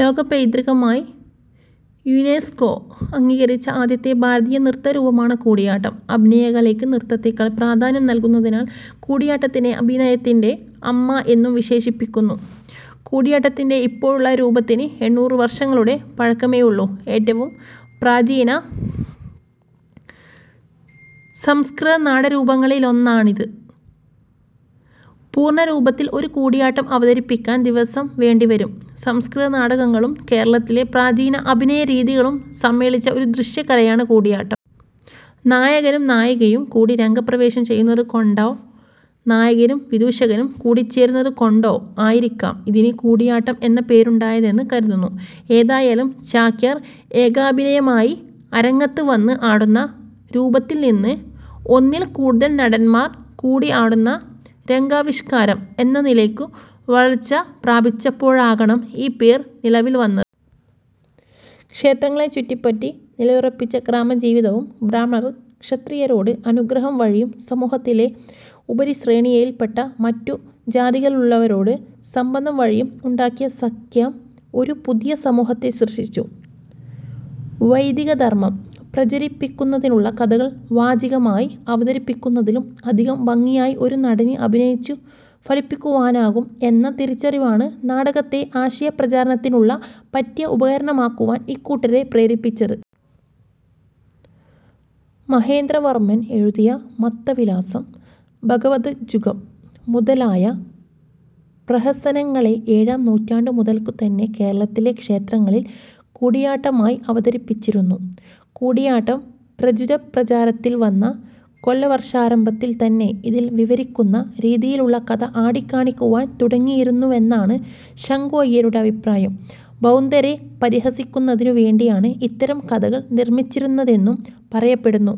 ലോകപൈതൃകമായി UNESCO അംഗീകരിച്ച ആദ്യത്തെ ഭാരതീയ നൃത്തരൂപമാണ് കൂടിയാട്ടം. അഭിനയകലയ്ക്ക് നൃത്തത്തേക്കാൾ പ്രാധാന്യം നൽകുന്നതിനാൽ കൂടിയാട്ടത്തിനെ "അഭിനയത്തിന്റെ അമ്മ" എന്നും വിശേഷിപ്പിക്കുന്നു. കൂടിയാട്ടത്തിന്റെ ഇപ്പോഴുള്ള രൂപത്തിന് എണ്ണൂർ വർഷങ്ങളുടെ പഴക്കമേയുള്ളു. ഏറ്റവും പ്രാചീനമായ സംസ്കൃതനാടകരൂപങ്ങളിലൊന്നാണിത്. പൂർണരൂപത്തിൽ ഒരു കൂടിയാട്ടം അവതരിപ്പിക്കാൻ ദിവസം വേണ്ടിവരും. സംസ്കൃത നാടകങ്ങളും കേരളത്തിലെ പ്രാചീന അഭിനയരീതികളും സമ്മേളിച്ച ഒരു ദൃശ്യകലയാണ് കൂടിയാട്ടം. നായകനും നായികയും കൂടി രംഗപ്രവേശം ചെയ്യുന്നതുകൊണ്ടോ നായകനും വിദൂഷകനും കൂടിച്ചേരുന്നതുകൊണ്ടോ ആയിരിക്കാം ഇതിന് കൂടിയാട്ടം എന്ന പേരുണ്ടായതെന്ന് കരുതുന്നു. ഏതായാലും ചാക്യാർ ഏകാഭിനയമായി അരങ്ങത്ത് വന്ന് ആടുന്ന രൂപത്തിൽനിന്ന് ഒന്നിൽ കൂടുതൽ നടന്മാർ കൂടി ആടുന്ന രംഗാവിഷ്കാരം എന്ന നിലക്കു വളർച്ച പ്രാപിച്ചപ്പോഴാകണം ഈ പേർ നിലവിൽ വന്നത്. ക്ഷേത്രങ്ങളെ ചുറ്റിപ്പറ്റി നിലയുറപ്പിച്ച ഗ്രാമജീവിതവും, ബ്രാഹ്മണർ ക്ഷത്രിയരോട് അനുഗ്രഹം വഴിയും, സമൂഹത്തിലെ ഉപരിശ്രേണിയിൽപ്പെട്ട മറ്റു ജാതികളിലുള്ളവരോട് സംബന്ധം വഴിയും ഉണ്ടാക്കിയ സഖ്യം ഒരു പുതിയ സമൂഹത്തെ സൃഷ്ടിച്ചു. വൈദികധർമ്മം പ്രചരിപ്പിക്കുന്നതിനുള്ള കഥകൾ വാചികമായി അവതരിപ്പിക്കുന്നതിലും അധികം ഭംഗിയായി ഒരു നടന് അഭിനയിച്ചു ഫലിപ്പിക്കുവാനാകും എന്ന തിരിച്ചറിവാണ് നാടകത്തെ ആശയപ്രചാരണത്തിനുള്ള പറ്റിയ ഉപകരണമാക്കുവാൻ ഇക്കൂട്ടരെ പ്രേരിപ്പിച്ചത്.. മഹേന്ദ്രവർമ്മൻ എഴുതിയ മത്തവിലാസം, ഭഗവദജ്ജുകം മുതലായ പ്രഹസനങ്ങളെ ഏഴാം നൂറ്റാണ്ടു മുതൽക്കുതന്നെ കേരളത്തിലെ ക്ഷേത്രങ്ങളിൽ കൂടിയാട്ടമായി അവതരിപ്പിച്ചിരുന്നു. കൂടിയാട്ടം പ്രചുരപ്രചാരത്തിൽ വന്ന കൊല്ലവർഷാരംഭത്തിൽതന്നെ ഇതിൽ വിവരിക്കുന്ന രീതിയിലുള്ള കഥ ആടിക്കാണിക്കുവാൻ തുടങ്ങിയിരുന്നുവെന്നാണ് ശങ്കുഅയ്യരുടെ അഭിപ്രായം. ബൗദ്ധരെ പരിഹസിക്കുന്നതിനു വേണ്ടിയാണ് ഇത്തരം കഥകൾ നിർമ്മിച്ചിരുന്നതെന്നും പറയപ്പെടുന്നു.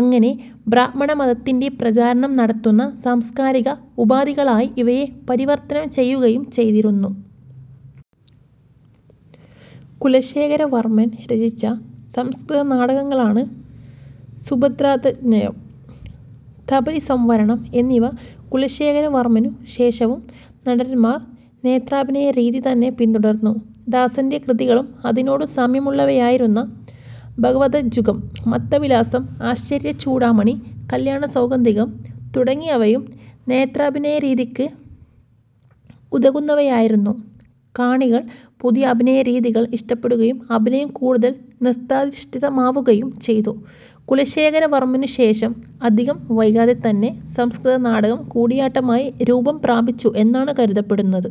അങ്ങനെ ബ്രാഹ്മണമതത്തിൻ്റെ പ്രചാരണം നടത്തുന്ന സാംസ്കാരിക ഉപാധികളായി ഇവയെ പരിവർത്തനം ചെയ്യുകയും ചെയ്തിരുന്നു. കുലശേഖരവർമ്മൻ രചിച്ച സംസ്കൃത നാടകങ്ങളാണ് സുഭദ്രാ ധ്ഞ്ജയം, തപസംവരണംഎന്നിവ. കുലശേഖരവർമ്മനു ശേഷവും നടന്മാർ നേത്രാഭിനയരീതി തന്നെ പിന്തുടർന്നു. ദാസന്റെ കൃതികളും, അതിനോടു സാമ്യമുള്ളവയായിരുന്ന "ഭഗവദജ്ജുകം", "മത്തവിലാസം", "ആശ്ചര്യചൂഡാമണി", "കല്ല്യാണസൗഗന്ധികം" തുടങ്ങിയവയും നേത്രാഭിനയരീതിക്ക് ഉതകുന്നവയായിരുന്നു. കാണികൾ പുതിയ അഭിനയരീതികൾ ഇഷ്ടപ്പെടുകയും അഭിനയം കൂടുതൽ നൃത്താധിഷ്ഠിതമാവുകയും ചെയ്തു. കുലശേഖരവർമ്മനുശേഷം അധികം വൈകാതെതന്നെ സംസ്കൃതനാടകം കൂടിയാട്ടമായി രൂപം പ്രാപിച്ചു എന്നാണ് കരുതപ്പെടുന്നത്.